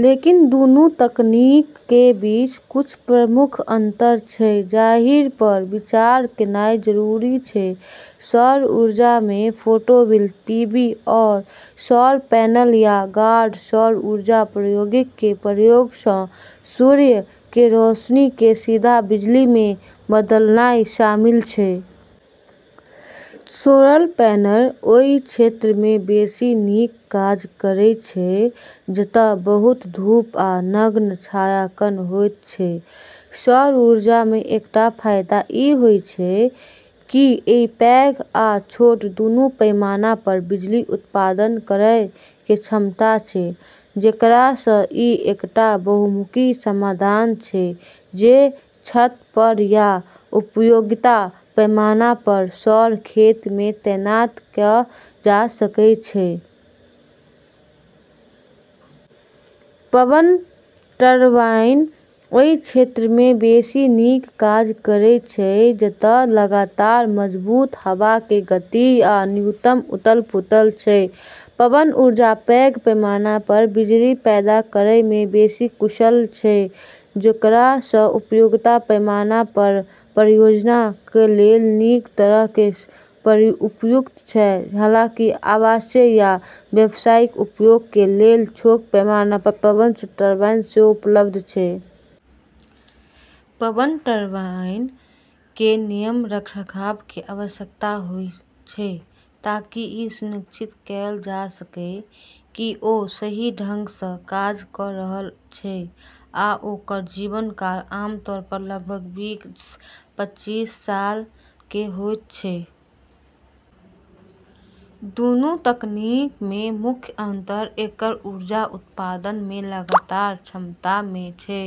लेकिन, दूनू तकनीक के बीच कुछ प्रमुख अंतर छै जाहि पर विचार कयनाइ जरूरी छै। सौर ऊर्जा मे फोटोवोल्टिक (पीवी) सौर पैनल या गाढ़ सौर ऊर्जा प्रौद्योगिकी के उपयोग सँ सूर्य के रोशनी के सीधा बिजली मे बदलनाय शामिल छै। सोलर पैनल ओय क्षेत्र मे बेसि नीक काज करैत छै जतय बहुत धूप आ नगण्य छायांकन होयत छै। सौर ऊर्जा के एकटा फायदा ई छै की ई पैघ आ छोट दूनू पैमाना पर बिजली उत्पादन करय के क्षमता छै, जेकरा सं ई एकटा बहुमुखी समाधान छै जे छत पर या उपयोगिता पैमाना पर सौर खेत मे तैनात कैल जा सकय छै। पवन टरबाइन ओय क्षेत्र मे बेसि नीक काज करैत छै जतय लगातार, मजबूत हवा के गति आ न्यूनतम उथल-पुथल छै। पवन ऊर्जा पैघ पैमाना पर बिजली पैदा करय मे बेसि कुशल छै, जेकरा सं उपयोगिता पैमाना पर परियोजना के लेल नीक तरह सं उपयुक्त छै, हालांकि आवासीय आ व्यावसायिक उपयोग के लेल छोट पैमाना पर पवन टरबाइन सेहो उपलब्ध छै। पवन टरबाइन के नियमित रखरखाव के आवश्यकता होयत छै, ताकि ई सुनिश्चित कैल जा सकय कि ओ सही ढंग सँ काज कऽ रहल छै, आ ओकर जीवन काल आमतौर पर लगभग बीस-पचीस साल के होइत छै। दूनू तकनीक मे मुख्य अंतर एकर ऊर्जा उत्पादन के लगातार क्षमता मे छै।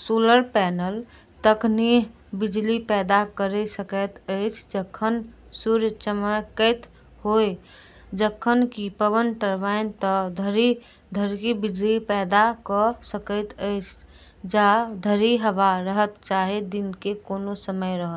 सोलर पैनल तखनहि बिजली पैदा कऽ सकैत अछि जखन सूर्य चमकैत हो, जखन कि पवन टरबाइन ता धरि बिजली पैदा कऽ सकैत अछि जा धरि हवा रहत, चाहे दिन के कोनो समय हो।